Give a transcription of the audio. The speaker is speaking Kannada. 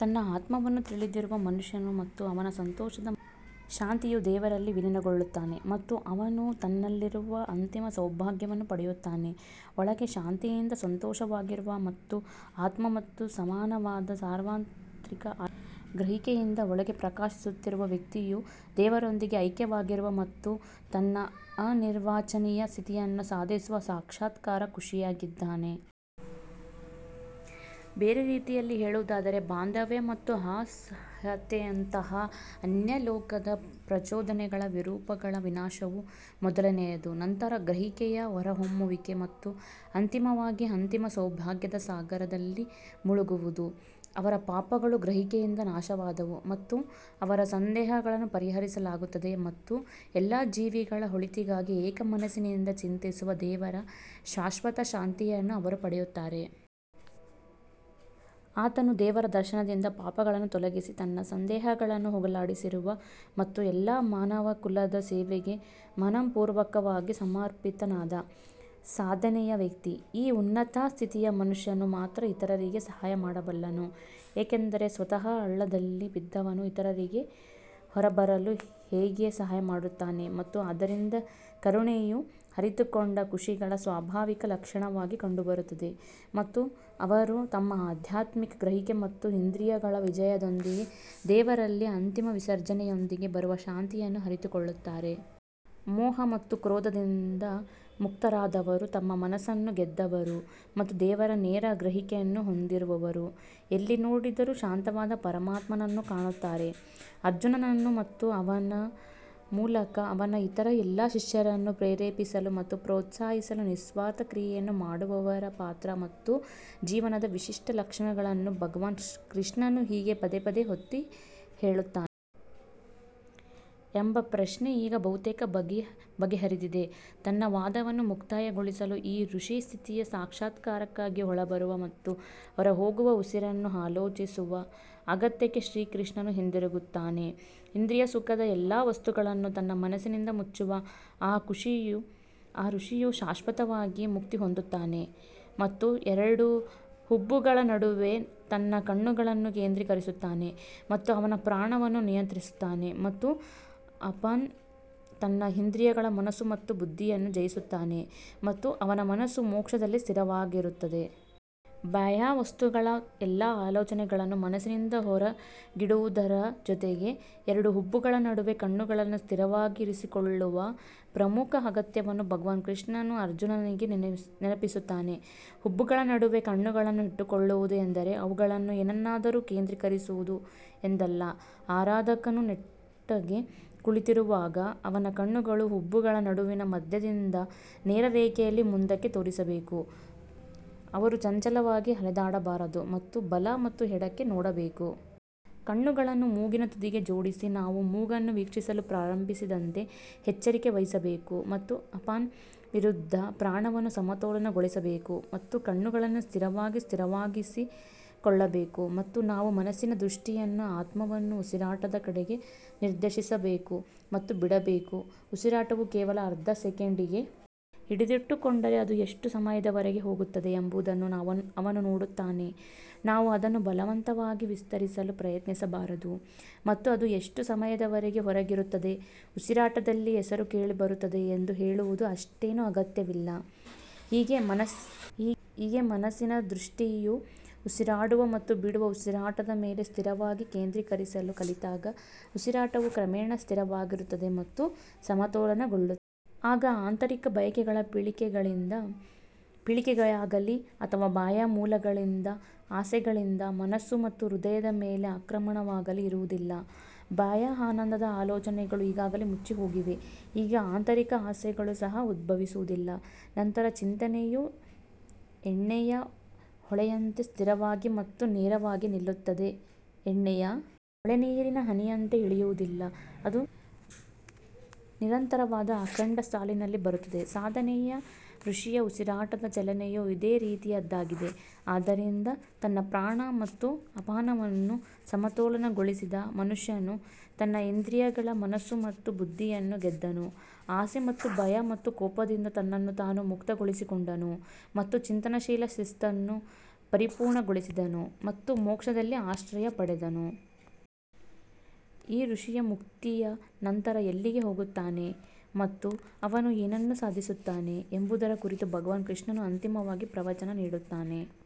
ತನ್ನ ಆತ್ಮವನ್ನು ತಿಳಿದಿರುವ ಮನುಷ್ಯನು ಮತ್ತು ಅವನ ಸಂತೋಷ ಮತ್ತು ಶಾಂತಿಯು ದೇವರಲ್ಲಿ ವಿಲೀನಗೊಳ್ಳುತ್ತಾನೆ ಮತ್ತು ಅವನು ತನ್ನಲ್ಲಿರುವ ಅಂತಿಮ ಸೌಭಾಗ್ಯವನ್ನು ಪಡೆಯುತ್ತಾನೆ. ಒಳಗೆ ಶಾಂತಿಯಿಂದ ಸಂತೋಷವಾಗಿರುವ ಮತ್ತು ಆತ್ಮ ಮತ್ತು ಸಮಾನವಾದ ಸಾರ್ವತ್ರಿಕ ಆತ್ಮದ ಗ್ರಹಿಕೆಯಿಂದ ಒಳಗೆ ಪ್ರಕಾಶಿಸುತ್ತಿರುವ ವ್ಯಕ್ತಿಯು ದೇವರೊಂದಿಗೆ ಐಕ್ಯವಾಗಿರುವ ಮತ್ತು ತನ್ನ ಅನಿರ್ವಚನೀಯ ಸ್ಥಿತಿಯನ್ನು ಸಾಧಿಸುವ ಸಾಕ್ಷಾತ್ಕಾರ ಋಷಿಯಾಗಿದ್ದಾನೆ. ಬೇರೆ ರೀತಿಯಲ್ಲಿ ಹೇಳುವುದಾದರೆ, ಬಾಂಧವ್ಯ ಮತ್ತು ಅಸಹ್ಯತೆಯಂತಹ ಅನ್ಯಲೋಕದ ಪ್ರಚೋದನೆಗಳ ವಿರೂಪಗಳ ವಿನಾಶವು ಮೊದಲನೆಯದು, ನಂತರ ಗ್ರಹಿಕೆಯ ಹೊರಹೊಮ್ಮುವಿಕೆ ಮತ್ತು ಅಂತಿಮವಾಗಿ ಅಂತಿಮ ಸೌಭಾಗ್ಯದ ಸಾಗರದಲ್ಲಿ ಮುಳುಗುವುದು. ಅವರ ಪಾಪಗಳು ಗ್ರಹಿಕೆಯಿಂದ ನಾಶವಾದವು ಮತ್ತು ಅವರ ಸಂದೇಹಗಳನ್ನು ಪರಿಹರಿಸಲಾಗುತ್ತದೆ ಮತ್ತು ಎಲ್ಲಾ ಜೀವಿಗಳ ಒಳಿತಿಗಾಗಿ ಏಕ ಮನಸ್ಸಿನಿಂದ ಚಿಂತಿಸುವ ದೇವರ ಶಾಶ್ವತ ಶಾಂತಿಯನ್ನು ಅವರು ಪಡೆಯುತ್ತಾರೆ. ಆತನು ದೇವರ ದರ್ಶನದಿಂದ ಪಾಪಗಳನ್ನು ತೊಲಗಿಸಿ ತನ್ನ ಸಂದೇಹಗಳನ್ನು ಹೋಗಲಾಡಿಸಿರುವ ಮತ್ತು ಎಲ್ಲ ಮಾನವಕುಲದ ಸೇವೆಗೆ ಮನಃಪೂರ್ವಕವಾಗಿ ಸಮರ್ಪಿತನಾದ ಸಾಧನೆಯ ವ್ಯಕ್ತಿ. ಈ ಉನ್ನತ ಸ್ಥಿತಿಯ ಮನುಷ್ಯನು ಮಾತ್ರ ಇತರರಿಗೆ ಸಹಾಯ ಮಾಡಬಲ್ಲನು ಏಕೆಂದರೆ ಸ್ವತಃ ಹಳ್ಳದಲ್ಲಿ ಬಿದ್ದವನು ಇತರರಿಗೆ ಹೊರಬರಲು ಹೇಗೆ ಸಹಾಯ ಮಾಡುತ್ತಾನೆ ಆದ್ದರಿಂದ ಕರುಣೆಯು ಅರಿತುಕೊಂಡ ಋಷಿಗಳ ಸ್ವಾಭಾವಿಕ ಲಕ್ಷಣವಾಗಿ ಕಂಡುಬರುತ್ತದೆ ಮತ್ತು ಅವರು ತಮ್ಮ ಆಧ್ಯಾತ್ಮಿಕ ಗ್ರಹಿಕೆ ಮತ್ತು ಇಂದ್ರಿಯಗಳ ವಿಜಯದೊಂದಿಗೆ ದೇವರಲ್ಲಿ ಅಂತಿಮ ವಿಸರ್ಜನೆಯೊಂದಿಗೆ ಬರುವ ಶಾಂತಿಯನ್ನು ಅರಿತುಕೊಳ್ಳುತ್ತಾರೆ. ಮೋಹ ಮತ್ತು ಕ್ರೋಧದಿಂದ ಮುಕ್ತರಾದವರು ತಮ್ಮ ಮನಸ್ಸನ್ನು ಗೆದ್ದವರು ಮತ್ತು ದೇವರ ನೇರ ಗ್ರಹಿಕೆಯನ್ನು ಹೊಂದಿರುವವರು ಎಲ್ಲಿ ನೋಡಿದರೂ ಶಾಂತವಾದ ಪರಮಾತ್ಮನನ್ನು ಕಾಣುತ್ತಾರೆ. ಅರ್ಜುನನನ್ನು ಮತ್ತು ಅವನ ಮೂಲಕ ಅವನ ಇತರ ಎಲ್ಲ ಶಿಷ್ಯರನ್ನು ಪ್ರೇರೇಪಿಸಲು ಮತ್ತು ಪ್ರೋತ್ಸಾಹಿಸಲು ನಿಸ್ವಾರ್ಥ ಕ್ರಿಯೆಯನ್ನು ಮಾಡುವವರ ಪಾತ್ರ ಮತ್ತು ಜೀವನದ ವಿಶಿಷ್ಟ ಲಕ್ಷಣಗಳನ್ನು ಭಗವಾನ್ ಕೃಷ್ಣನು ಹೀಗೆ ಪದೇ ಪದೇ ಒತ್ತಿಹೇಳುತ್ತಾನೆ. ಎಂಬ ಪ್ರಶ್ನೆ ಈಗ ಬಹುತೇಕ ಬಗೆಹರಿದಿದೆ ತನ್ನ ವಾದವನ್ನು ಮುಕ್ತಾಯಗೊಳಿಸಲು, ಈ ಋಷಿ ಸ್ಥಿತಿಯ ಸಾಕ್ಷಾತ್ಕಾರಕ್ಕಾಗಿ ಒಳಬರುವ ಮತ್ತು ಹೊರಹೋಗುವ ಉಸಿರನ್ನು ಆಲೋಚಿಸುವ ಅಗತ್ಯಕ್ಕೆ ಶ್ರೀಕೃಷ್ಣನು ಹಿಂತಿರುಗುತ್ತಾನೆ. ಇಂದ್ರಿಯ ಸುಖದ ಎಲ್ಲಾ ವಸ್ತುಗಳನ್ನು ತನ್ನ ಮನಸ್ಸಿನಿಂದ ಮುಚ್ಚುವ ಆ ಋಷಿಯು ಶಾಶ್ವತವಾಗಿ ಮುಕ್ತಿ ಹೊಂದುತ್ತಾನೆ ಮತ್ತು ಎರಡು ಹುಬ್ಬುಗಳ ನಡುವೆ ತನ್ನ ಕಣ್ಣುಗಳನ್ನು ಕೇಂದ್ರೀಕರಿಸುತ್ತಾನೆ ಮತ್ತು ಅವನ ಪ್ರಾಣವನ್ನು ನಿಯಂತ್ರಿಸುತ್ತಾನೆ ಮತ್ತು ಅಪಾನ್ ತನ್ನ ಇಂದ್ರಿಯಗಳ ಮನಸ್ಸು ಮತ್ತು ಬುದ್ಧಿಯನ್ನು ಜಯಿಸುತ್ತಾನೆ ಮತ್ತು ಅವನ ಮನಸ್ಸು ಮೋಕ್ಷದಲ್ಲಿ ಸ್ಥಿರವಾಗಿರುತ್ತದೆ. ಬಾಹ್ಯ ವಸ್ತುಗಳ ಎಲ್ಲಾ ಆಲೋಚನೆಗಳನ್ನು ಮನಸ್ಸಿನಿಂದ ಹೊರಗಿಡುವುದರ ಜೊತೆಗೆ ಎರಡು ಹುಬ್ಬುಗಳ ನಡುವೆ ಕಣ್ಣುಗಳನ್ನು ಸ್ಥಿರವಾಗಿ ಇರಿಸಿಕೊಳ್ಳುವ ಪ್ರಮುಖ ಅಗತ್ಯವನ್ನು ಭಗವಾನ್ ಕೃಷ್ಣನು ಅರ್ಜುನನಿಗೆ ನೆನಪಿಸುತ್ತಾನೆ. ಹುಬ್ಬುಗಳ ನಡುವೆ ಕಣ್ಣುಗಳನ್ನು ಇಟ್ಟುಕೊಳ್ಳುವುದು ಎಂದರೆ ಅವುಗಳನ್ನು ಏನನ್ನಾದರೂ ಕೇಂದ್ರೀಕರಿಸುವುದು ಎಂದಲ್ಲ ಆರಾಧಕನು ನೆಟ್ಟಗೆ ಕುಳಿತಿರುವಾಗ ಅವನ ಕಣ್ಣುಗಳು ಹುಬ್ಬುಗಳ ನಡುವಿನ ಮಧ್ಯದಿಂದ ನೇರ ರೇಖೆಯಲ್ಲಿ ಮುಂದಕ್ಕೆ ತೋರಿಸಬೇಕು, ಅವರು ಚಂಚಲವಾಗಿ ಅಲೆದಾಡಬಾರದು ಮತ್ತು ಬಲ ಮತ್ತು ಎಡಕ್ಕೆ ನೋಡಬೇಕು. ಕಣ್ಣುಗಳನ್ನು ಮೂಗಿನ ತುದಿಗೆ ಜೋಡಿಸಿ, ನಾವು ಮೂಗನ್ನು ವೀಕ್ಷಿಸಲು ಪ್ರಾರಂಭಿಸದಂತೆ ಎಚ್ಚರಿಕೆ ವಹಿಸಬೇಕು ಮತ್ತು ಅಪಾನ್ ವಿರುದ್ಧ ಪ್ರಾಣವನ್ನು ಸಮತೋಲನಗೊಳಿಸಬೇಕು ಮತ್ತು ಕಣ್ಣುಗಳನ್ನು ಸ್ಥಿರವಾಗಿ ಸ್ಥಿರವಾಗಿರಿಸಿಕೊಳ್ಳಬೇಕು ಮತ್ತು ನಾವು ಮನಸ್ಸಿನ ದೃಷ್ಟಿಯನ್ನು ಆತ್ಮವನ್ನು ಉಸಿರಾಟದ ಕಡೆಗೆ ನಿರ್ದೇಶಿಸಬೇಕು ಮತ್ತು ಬಿಡಬೇಕು. ಉಸಿರಾಟವು ಕೇವಲ ಅರ್ಧ ಸೆಕೆಂಡಿಗೆ ಹಿಡಿದಿಟ್ಟುಕೊಂಡರೆ ಅದು ಎಷ್ಟು ಸಮಯದವರೆಗೆ ಹೋಗುತ್ತದೆ ಎಂಬುದನ್ನು ಅವನು ನೋಡುತ್ತಾನೆ, ನಾವು ಅದನ್ನು ಬಲವಂತವಾಗಿ ವಿಸ್ತರಿಸಲು ಪ್ರಯತ್ನಿಸಬಾರದು ಮತ್ತು ಅದು ಎಷ್ಟು ಸಮಯದವರೆಗೆ ಹೊರಗಿರುತ್ತದೆ ಉಸಿರಾಟದಲ್ಲಿ ಹೆಸರು ಕೇಳಿಬರುತ್ತದೆ ಎಂದು ಹೇಳುವುದು ಅಷ್ಟೇನೂ ಅಗತ್ಯವಿಲ್ಲ ಹೀಗೆ ಮನಸ್ಸಿನ ದೃಷ್ಟಿಯು ಉಸಿರಾಡುವ ಮತ್ತು ಬಿಡುವ ಉಸಿರಾಟದ ಮೇಲೆ ಸ್ಥಿರವಾಗಿ ಕೇಂದ್ರೀಕರಿಸಲು ಕಲಿತಾಗ, ಉಸಿರಾಟವು ಕ್ರಮೇಣ ಸ್ಥಿರವಾಗಿರುತ್ತದೆ ಮತ್ತು ಸಮತೋಲನಗೊಳ್ಳುತ್ತದೆ. ಆಗ ಆಂತರಿಕ ಬಯಕೆಗಳ ಪೀಳಿಗೆಯಾಗಲೀ ಅಥವಾ ಬಾಹ್ಯ ಮೂಲಗಳಿಂದ ಆಸೆಗಳಿಂದ ಮನಸ್ಸು ಮತ್ತು ಹೃದಯದ ಮೇಲೆ ಆಕ್ರಮಣವಾಗಲೀ ಇರುವುದಿಲ್ಲ. ಬಾಹ್ಯ ಆನಂದದ ಆಲೋಚನೆಗಳು ಈಗಾಗಲೇ ಮುಚ್ಚಿಹೋಗಿವೆ ಈಗ ಆಂತರಿಕ ಆಸೆಗಳು ಸಹ ಉದ್ಭವಿಸುವುದಿಲ್ಲ ನಂತರ ಚಿಂತನೆಯು ಎಣ್ಣೆಯ ಹೊಳೆಯಂತೆ ಸ್ಥಿರವಾಗಿ ಮತ್ತು ನೇರವಾಗಿ ನಿಲ್ಲುತ್ತದೆ ಎಣ್ಣೆಯ ಹೊಳೆ ನೀರಿನ ಹನಿಯಂತೆ ಇಳಿಯುವುದಿಲ್ಲ, ಅದು ನಿರಂತರವಾದ ಅಖಂಡ ಸಾಲಿನಲ್ಲಿ ಬರುತ್ತದೆ ಸಾಧನೆಯ ಋಷಿಯ ಉಸಿರಾಟದ ಚಲನೆಯು ಇದೇ ರೀತಿಯದ್ದಾಗಿದೆ ಆದ್ದರಿಂದ ತನ್ನ ಪ್ರಾಣ ಮತ್ತು ಅಪಾನವನ್ನು ಸಮತೋಲನಗೊಳಿಸಿದ ಮನುಷ್ಯನು ತನ್ನ ಇಂದ್ರಿಯಗಳ ಮನಸ್ಸು ಮತ್ತು ಬುದ್ಧಿಯನ್ನು ಗೆದ್ದನು ಆಸೆ ಮತ್ತು ಭಯ ಮತ್ತು ಕೋಪದಿಂದ ತನ್ನನ್ನು ತಾನು ಮುಕ್ತಗೊಳಿಸಿಕೊಂಡನು ಮತ್ತು ಚಿಂತನಶೀಲ ಶಿಸ್ತನ್ನು ಪರಿಪೂರ್ಣಗೊಳಿಸಿದನು ಮತ್ತು ಮೋಕ್ಷದಲ್ಲಿ ಆಶ್ರಯ ಪಡೆದನು. ಈ ಋಷಿಯು ಮುಕ್ತಿಯ ನಂತರ ಎಲ್ಲಿಗೆ ಹೋಗುತ್ತಾನೆ ಮತ್ತು ಅವನು ಏನನ್ನು ಸಾಧಿಸುತ್ತಾನೆ ಎಂಬುದರ ಕುರಿತು ಭಗವಾನ್ ಕೃಷ್ಣನು ಅಂತಿಮವಾಗಿ ಪ್ರವಚನ ನೀಡುತ್ತಾನೆ.